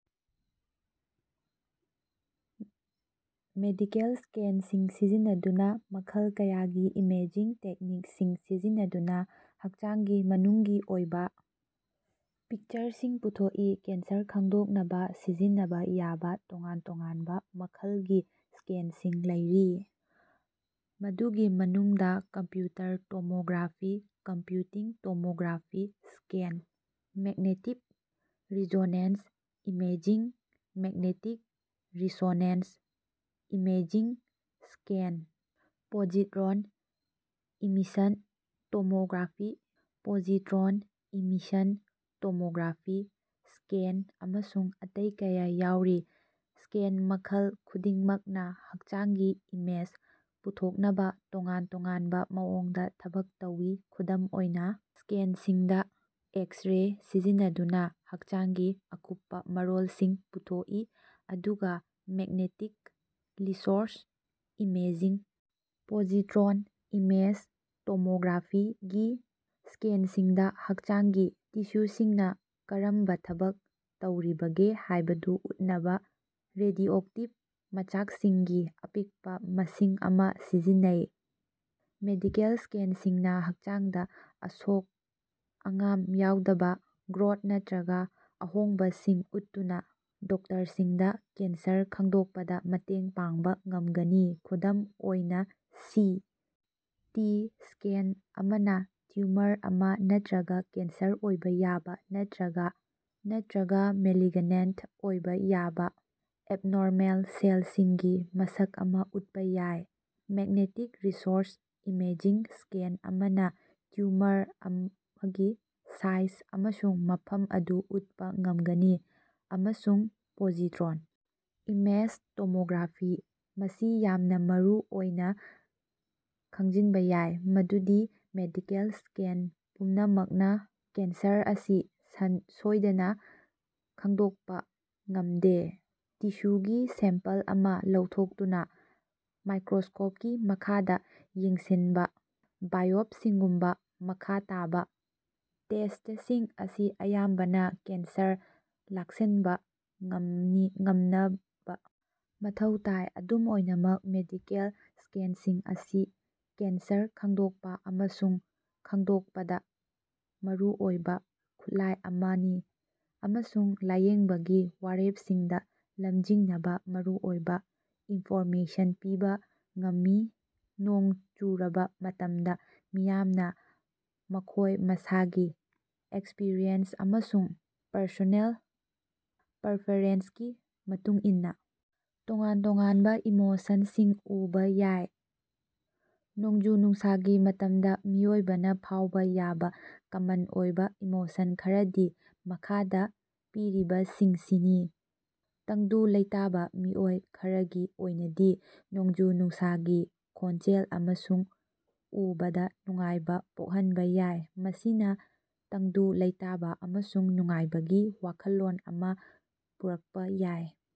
Medical ꯁ꯭ꯀꯦꯟꯁꯤꯡꯗ ꯃꯈꯜ ꯀꯌꯥꯒꯤ ꯏꯃꯦꯖꯤꯡ ꯇꯦꯛꯅꯤꯛꯁꯤꯡ ꯁꯤꯖꯤꯟꯅꯗꯨꯅ ꯍꯛꯆꯥꯡꯒꯤ ꯃꯅꯨꯡꯒꯤ ꯑꯣꯏꯕ ꯄꯤꯛꯆꯔꯁꯤꯡ ꯄꯨꯊꯣꯛꯏ꯫ ꯀꯦꯟꯁꯔ ꯈꯪꯗꯣꯛꯅꯕ ꯁꯤꯖꯤꯟꯅꯕ ꯌꯥꯕ ꯇꯣꯉꯥꯟ ꯇꯣꯉꯥꯟꯕ ꯃꯈꯜꯒꯤ ꯁ꯭ꯀꯦꯟꯁꯤꯡ ꯂꯩꯔꯤ꯫ ꯃꯗꯨꯒꯤ ꯃꯅꯨꯡꯗ computer tomography computed tomography scan, magnetic resonance imaging magnetic resonance imaging scan, positron emission tomography (positron emission tomography ) scan ꯑꯃꯁꯨꯡ ꯑꯇꯩ ꯀꯌꯥ ꯌꯥꯎꯔꯤ꯫ ꯁ꯭ꯀꯦꯟ ꯃꯈꯜ ꯈꯨꯗꯤꯡꯃꯛꯅ ꯍꯛꯆꯥꯡꯒꯤ ꯏꯃꯦꯖ ꯄꯨꯊꯣꯛꯅꯕ ꯇꯣꯉꯥꯟ ꯇꯣꯉꯥꯟꯕ ꯃꯑꯣꯡꯗ ꯊꯕꯛ ꯇꯧꯏ꯫ ꯈꯨꯗꯝ ꯑꯣꯏꯅ, ꯁ꯭ꯀꯦꯟꯁꯤꯡꯗ ꯑꯦꯛꯁ-ꯔꯦ ꯁꯤꯖꯤꯟꯅꯗꯨꯅꯥ ꯍꯛꯆꯥꯡꯒꯤ ꯑꯀꯨꯞꯄ ꯃꯔꯣꯜꯁꯤꯡ ꯄꯨꯊꯣꯛꯏ, ꯑꯗꯨꯒ magnetic resonance imaging. Positron. Image tomography. ꯒꯤ ꯁ꯭ꯀꯦꯟꯁꯤꯡꯗ ꯍꯛꯆꯥꯡꯒꯤ ꯇꯤꯁ꯭ꯌꯨꯁꯤꯡꯅ ꯀꯔꯝꯅ ꯊꯕꯛ ꯇꯧꯔꯤꯕꯒꯦ ꯍꯥꯏꯕꯗꯨ ꯎꯠꯅꯕ ꯔꯦꯗꯤꯑꯣꯑꯦꯛꯇꯤꯚ ꯃꯆꯥꯛꯁꯤꯡꯒꯤ ꯑꯄꯤꯛꯄ ꯃꯁꯤꯡ ꯑꯃ ꯁꯤꯖꯤꯟꯅꯩ꯫ ꯃꯦꯗꯤꯀꯦꯜ ꯁ꯭ꯀꯦꯟꯁꯤꯡꯅ ꯍꯛꯆꯥꯡꯗ ꯑꯁꯣꯏ-ꯑꯉꯥꯝ ꯌꯥꯎꯗꯕ ꯒ꯭ꯔꯣꯊ ꯅꯠꯇ꯭ꯔꯒ ꯑꯍꯣꯡꯕꯁꯤꯡ ꯎꯠꯇꯨꯅ ꯗꯣꯛꯇꯔꯁꯤꯡꯗ ꯀꯦꯟꯁꯔ ꯈꯪꯗꯣꯛꯄꯗ ꯃꯇꯦꯡ ꯄꯥꯡꯕ ꯉꯝꯒꯅꯤ꯫ ꯈꯨꯗꯝ ꯑꯣꯏꯅ, ꯁꯤ. ꯇꯤ. ꯁ꯭ꯀꯦꯟ ꯑꯃꯅꯥ ꯇꯤꯎꯃꯔ ꯑꯃꯥ, ꯅꯠꯇ꯭ꯔꯒ ꯀꯦꯟꯁꯔ ꯑꯣꯏꯕ ꯌꯥꯕ ꯅꯠꯇ꯭ꯔꯒ ꯃꯦꯂꯤꯒꯅꯦꯟꯇ ꯑꯣꯏꯕ ꯌꯥꯕ ꯑꯦꯕꯅꯣꯔꯃꯦꯜ ꯁꯦꯜꯁꯤꯡꯒꯤ ꯃꯁꯤꯡ ꯑꯃ ꯎꯠꯄ ꯌꯥꯏ꯫ ꯃꯦꯛꯅꯦꯛꯇꯤꯛ ꯔꯤꯁꯣꯔꯁ ꯏꯃꯦꯖꯤꯡ ꯁ꯭ꯀꯦꯟ ꯑꯃꯅ ꯇꯤꯎꯃꯔ ꯑꯃꯒꯤ ꯁꯥꯏꯖ ꯑꯃꯁꯨꯡ ꯃꯐꯝ ꯑꯗꯨ ꯎꯠꯄ ꯉꯝꯒꯅꯤ꯫ ꯑꯃꯁꯨꯡ ꯄꯣꯖꯤꯇ꯭ꯔꯣꯟ. ꯏꯃꯦꯖ ꯇꯣꯃꯣꯒ꯭ꯔꯥꯐꯤ ꯃꯁꯤ ꯌꯥꯝꯅ ꯃꯔꯨꯑꯣꯏꯅ ꯈꯪꯖꯤꯟꯕ ꯌꯥꯏ ꯫ ꯃꯗꯨꯗꯤ ꯃꯦꯗꯤꯀꯦꯜ ꯁ꯭ꯀꯦꯟ ꯄꯨꯝꯅꯃꯛꯅ ꯀꯦꯟꯁꯔ ꯑꯁꯤ ꯁꯣꯏꯗꯅ ꯈꯪꯗꯣꯛꯄ ꯉꯃꯗꯦ꯫ ꯇꯤꯁ꯭ꯌꯨꯒꯤ ꯁꯦꯝꯄꯜ ꯑꯃ ꯂꯧꯊꯣꯛꯇꯨꯅ ꯃꯥꯏꯀꯔꯣꯁ꯭ꯀꯣꯄꯀꯤ ꯃꯈꯥꯗ ꯌꯦꯡꯁꯤꯟꯕ ꯕꯥꯏꯑꯣꯞꯁꯤꯒꯨꯝꯕ ꯃꯈꯥ ꯇꯥꯕ ꯇꯦꯁ꯭ꯇꯁꯤꯡ ꯑꯁꯤ ꯑꯌꯥꯝꯕꯅ ꯀꯦꯟꯁꯔ ꯂꯥꯛꯁꯤꯟꯕ ꯉꯝꯅꯕ ꯃꯊꯧ ꯇꯥꯏ꯫ ꯑꯗꯨꯝ ꯑꯣꯏꯅꯃꯛ, ꯃꯦꯗꯤꯀꯦꯜ ꯁ꯭ꯀꯦꯟꯁꯤꯡ ꯑꯁꯤ ꯀꯦꯟꯁꯔ ꯈꯪꯗꯣꯛꯄ ꯑꯃꯁꯨꯡ ꯈꯪꯗꯣꯛꯄꯗ ꯃꯔꯨꯑꯣꯏꯕ ꯈꯨꯠꯂꯥꯏ ꯑꯃꯅꯤ꯫ ꯑꯃꯁꯨꯡ ꯂꯥꯏꯌꯦꯡꯕꯒꯤ ꯋꯥꯔꯦꯄꯁꯤꯡꯗ ꯂꯝꯖꯤꯡꯅꯕ ꯃꯔꯨꯑꯣꯏꯕ ꯏꯅꯐꯣꯔꯃꯦꯁꯟ ꯄꯤꯕ ꯉꯝꯃꯤ꯫ ꯅꯣꯡ ꯆꯨꯔꯕꯥ ꯃꯇꯝꯗ, ꯃꯤꯌꯥꯝꯅ ꯃꯈꯣꯏ ꯃꯁꯥꯒꯤ ꯑꯦꯛꯁꯄꯔꯤꯌꯦꯟꯁ ꯑꯃꯁꯨꯡ ꯄꯔꯁꯣꯅꯦꯜ ꯄꯔꯐꯦꯔꯦꯟꯁꯀꯤ ꯃꯇꯨꯡꯏꯟꯅ ꯇꯣꯉꯥꯟ-ꯇꯣꯉꯥꯟꯕ ꯏꯃꯣꯁꯟꯁꯤꯡ ꯐꯥꯎꯕ ꯌꯥꯏ꯫ ꯅꯣꯡꯖꯨ-ꯅꯨꯡꯁꯥꯒꯤ ꯃꯇꯝꯗ ꯃꯤꯑꯣꯏꯕꯅ ꯐꯥꯎꯕ ꯌꯥꯕ ꯀꯃꯟ ꯑꯣꯏꯕ ꯏꯃꯣꯁꯟ ꯈꯔꯗꯤ ꯃꯈꯥꯗ ꯄꯤꯔꯤꯕꯁꯤꯡꯁꯤꯅꯤ: ꯇꯪꯗꯨ ꯂꯩꯇꯥꯕ ꯃꯤꯑꯣꯏ ꯈꯔꯒꯤ ꯑꯣꯏꯅꯗꯤ, ꯅꯣꯡꯖꯨ-ꯅꯨꯡꯁꯥꯒꯤ ꯈꯣꯟꯖꯦꯜ ꯑꯃꯁꯨꯡ ꯎꯕꯗ ꯅꯨꯡꯉꯥꯏꯕ ꯄꯣꯛꯍꯟꯕ ꯌꯥꯏ꯫ ꯃꯁꯤꯅ ꯇꯪꯗꯨ ꯂꯩꯇꯥꯕ ꯑꯃꯁꯨꯡ ꯅꯨꯡꯉꯥꯏꯕꯒꯤ ꯋꯥꯈꯜꯂꯣꯟ ꯑꯃꯥ ꯄꯨꯔꯛꯄꯥ ꯌꯥꯏ꯫